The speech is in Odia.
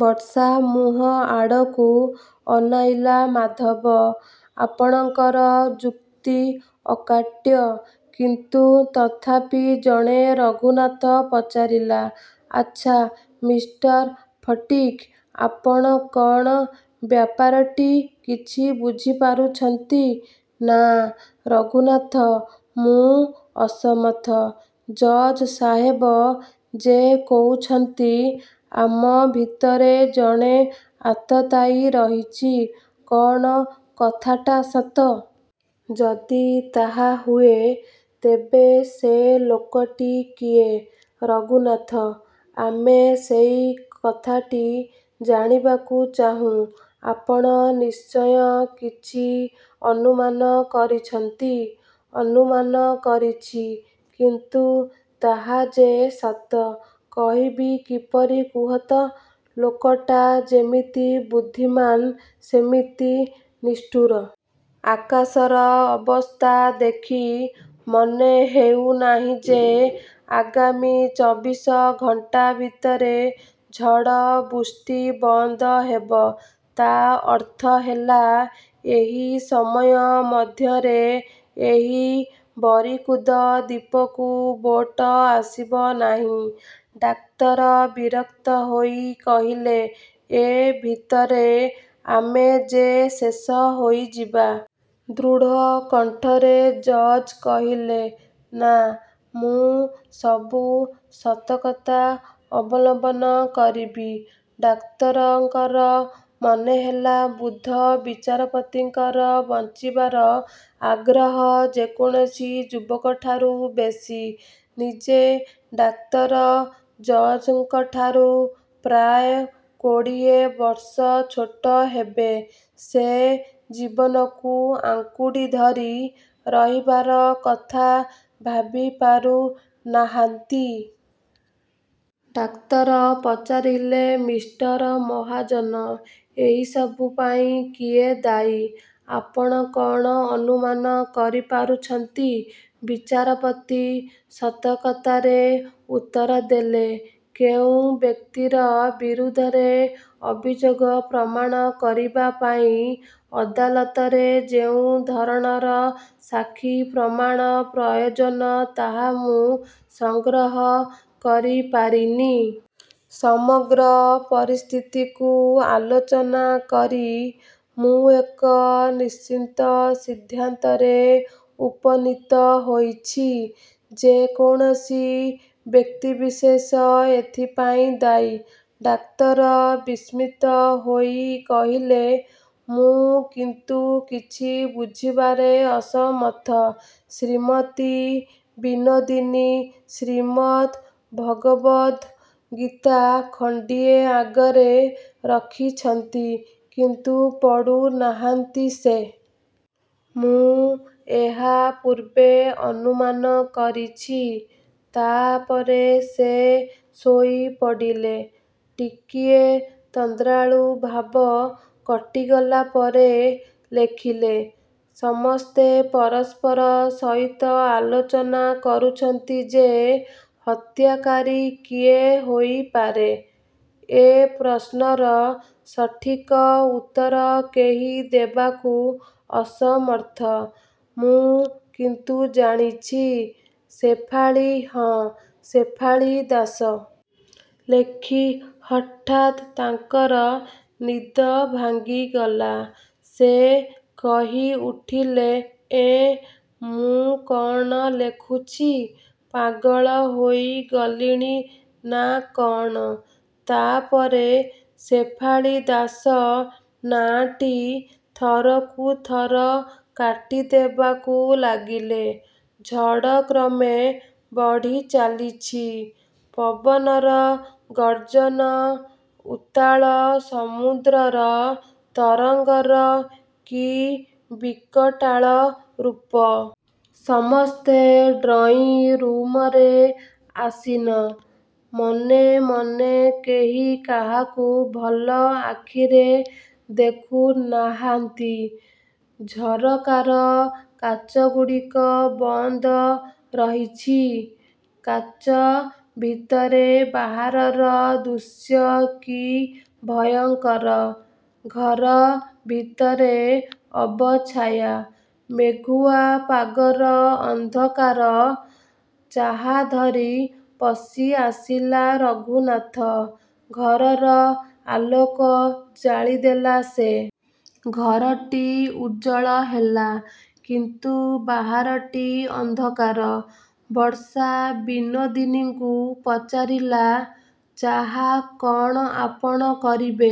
ବର୍ଷା ମୁହଁ ଆଡ଼କୁ ଅନାଇଲା ମାଧବ, ଆପଣଙ୍କର ଯୁକ୍ତି ଅକାଟ୍ୟ। କିନ୍ତୁ ତଥାପି ଏଣେ ରଘୁନାଥ ପଚାରିଲା, ଆଚ୍ଛା, ମିଷ୍ଟର ଫଟିକ୍, ଆପଣ କ'ଣ ବ୍ୟାପାରଟି କିଛି ବୁଝିପାରୁଛନ୍ତି? ନା, ରଘୁନାଥ, ମୁଁ ଅସମର୍ଥ। ଜଜ୍ ସାହେବ ଯେ କହୁଛନ୍ତି, ଆମ ଭିତରେ ଜଣେ ଆତତାୟୀ ରହିଛି, କ'ଣ କଥାଟା ସତ? ଯଦି ତାହା ହୁଏ, ତେବେ ସେ ଲୋକଟି କିଏ? ରଘୁନାଥ, ଆମେ ସେଇ କଥାଟି ଜାଣିବାକୁ ଚାହୁଁ। ଆପଣ ନିଶ୍ଚୟ କିଛି ଅନୁମାନ କରିଛନ୍ତି। ଅନୁମାନ କରିଛି, କିନ୍ତୁ ତାହା ଯେ ସତ କହିବି କିପରି କୁହ ତ! ଲୋକଟା ଯେମିତି ବୁଦ୍ଧିମାନ୍ ସେମିତି ନିଷ୍ଠୁର। ଆକାଶର ଅବସ୍ଥା ଦେଖି ମନେହେଉନାହିଁ ଯେ ଆଗାମୀ ଚବିଶ ଘଣ୍ଟା ଭିତରେ ଝଡ଼ ବୃଷ୍ଟି ବନ୍ଦ ହେବ। ତା ଅର୍ଥ ହେଲା, ଏହି ସମୟ ମଧ୍ୟରେ ଏହି ବରିକୁଦ ଦ୍ଵୀପକୁ ବୋଟ ଆସିବ ନାହିଁ। ଡାକ୍ତର ବିରକ୍ତ ହୋଇ କହିଲେ, ଏ ଭିତରେ ଆମେ ଯେ ଶେଷ ହୋଇଯିବା। ଦୃଢ଼ କଣ୍ଠରେ ଜଜ୍ କହିଲେ, ନା, ମୁଁ ସବୁ ସତର୍କତା ଅବଲମ୍ବନ କରିବି। ଡାକ୍ତରଙ୍କର ମନେହେଲା ବୃଦ୍ଧ ବିଚାରପତିଙ୍କର ବଞ୍ଚିବାର ଆଗ୍ରହ ଯେକୌଣସି ଯୁବକଠାରୁ ବେଶି। ନିଜେ ଡାକ୍ତର ଜଜ୍ ଙ୍କଠାରୁ ପ୍ରାୟ କୋଡ଼ିଏ ବର୍ଷ ଛୋଟ ହେବେ। ସେ ଜୀବନକୁ ଆଙ୍କୁଡ଼ି ଧରି ରହିବାର କଥା ଭାବିପାରୁନାହାନ୍ତି। ଡାକ୍ତର ପଚାରିଲେ, ମିଷ୍ଟର ମହାଜନ, ଏହିସବୁ ପାଇଁ କିଏ ଦାୟୀ, ଆପଣ କ'ଣ ଅନୁମାନ କରିପାରୁଛନ୍ତି? ବିଚାରପତି ସତର୍କତାରେ ଉତ୍ତର ଦେଲେ, କେଉଁ ବ୍ୟକ୍ତିର ବିରୁଦ୍ଧରେ ଅଭିଯୋଗ ପ୍ରମାଣ କରିବା ପାଇଁ ଅଦାଲତରେ ଯେଉଁ ଧରଣର ସାକ୍ଷୀ ପ୍ରମାଣ ପ୍ରୟୋଜନ ତାହା ମୁଁ ସଂଗ୍ରହ କରିପାରିନି। ସମଗ୍ର ପରିସ୍ଥିତିକୁ ଆଲୋଚନା କରି ମୁଁ ଏକ ନିଶ୍ଚିତ ସିଦ୍ଧାନ୍ତରେ ଉପନୀତ ହୋଇଛି ଯେ କୌଣସି ବ୍ୟକ୍ତିବିଶେଷ ଏଥିପାଇଁ ଦାୟୀ। ଡାକ୍ତର ବିସ୍ମିତ ହୋଇ କହିଲେ, ମୁଁ କିନ୍ତୁ କିଛି ବୁଝିବାରେ ଅସମର୍ଥ। ଶ୍ରୀମତୀ ବିନୋଦିନୀ ଶ୍ରୀମଦ୍ ଭଗବଦ୍ ଗୀତା ଖଣ୍ଡିକ ଆଗରେ ରଖିଛନ୍ତି, କିନ୍ତୁ ପଢ଼ୁନାହାନ୍ତି ସେ। ମୁଁ ଏହା ପୂର୍ବେ ଅନୁମାନ କରିଛି। ତା ପରେ ସେ ଶୋଇପଡ଼ିଲେ। ଟିକିଏ ତନ୍ଦ୍ରାଳୁ ଭାବ କଟିଗଲା ପରେ ଲେଖିଲେ, ସମସ୍ତେ ପରସ୍ପର ସହିତ ଆଲୋଚନା କରୁଛନ୍ତି ଯେ ହତ୍ୟାକାରୀ କିଏ ହୋଇପାରେ? ଏ ପ୍ରଶ୍ନର ସଠିକ ଉତ୍ତର କେହି ଦେବାକୁ ଅସମର୍ଥ। ମୁଁ କିନ୍ତୁ ଜାଣିଛି, ଶେଫାଳୀ ହଁ, ଶେଫାଳୀ ଦାସ। ଲେଖି ହଠାତ୍ ତାଙ୍କର ନିଦ ଭାଙ୍ଗିଗଲା। ସେ କହିଉଠିଲେ, ଏଁ, ମୁଁ କ'ଣ ଲେଖୁଛି! ପାଗଳ ହୋଇଗଲିଣି ନା କ'ଣ! ତା ପରେ ଶେଫାଳୀ ଦାସ ନାଁଟି ଥରକୁ ଥର କାଟିଦେବାକୁ ଲାଗିଲେ। ଝଡ଼ କ୍ରମେ ବଢ଼ିଚାଲିଛି। ପବନର ଗର୍ଜନ, ଉତ୍ତାଳ ସମୁଦ୍ରର ତରଙ୍ଗର କି ବିକଟାଳ ରୂପ! ସମସ୍ତେ ଡ୍ରଇଂ ରୁମରେ ଆସୀନ। ମନେ ମନେ କେହି କାହାକୁ ଭଲ ଆଖିରେ ଦେଖୁନାହାନ୍ତି। ଝରକାର କାଚଗୁଡ଼ିକ ବନ୍ଦ ରହିଛି। କାଚ ଭିତରେ ବାହାରର ଦୃଶ୍ୟ କି ଭୟଙ୍କର! ଘର ଭିତରେ ଅବଚ୍ଛାୟା। ମେଘୁଆ ପାଗର ଅନ୍ଧକାର। ଚାହା ଧରି ପଶିଆସିଲା ରଘୁନାଥ। ଘରର ଆଲୋକ ଜାଳିଦେଲା ସେ। ଘରଟି ଉଜ୍ଜ୍ଵଳ ହେଲା, କିନ୍ତୁ ବାହାରଟି ଅନ୍ଧକାର। ବର୍ଷା ବିନୋଦିନୀଙ୍କୁ ପଚାରିଲା, ଚାହା କ'ଣ ଆପଣ କରିବେ?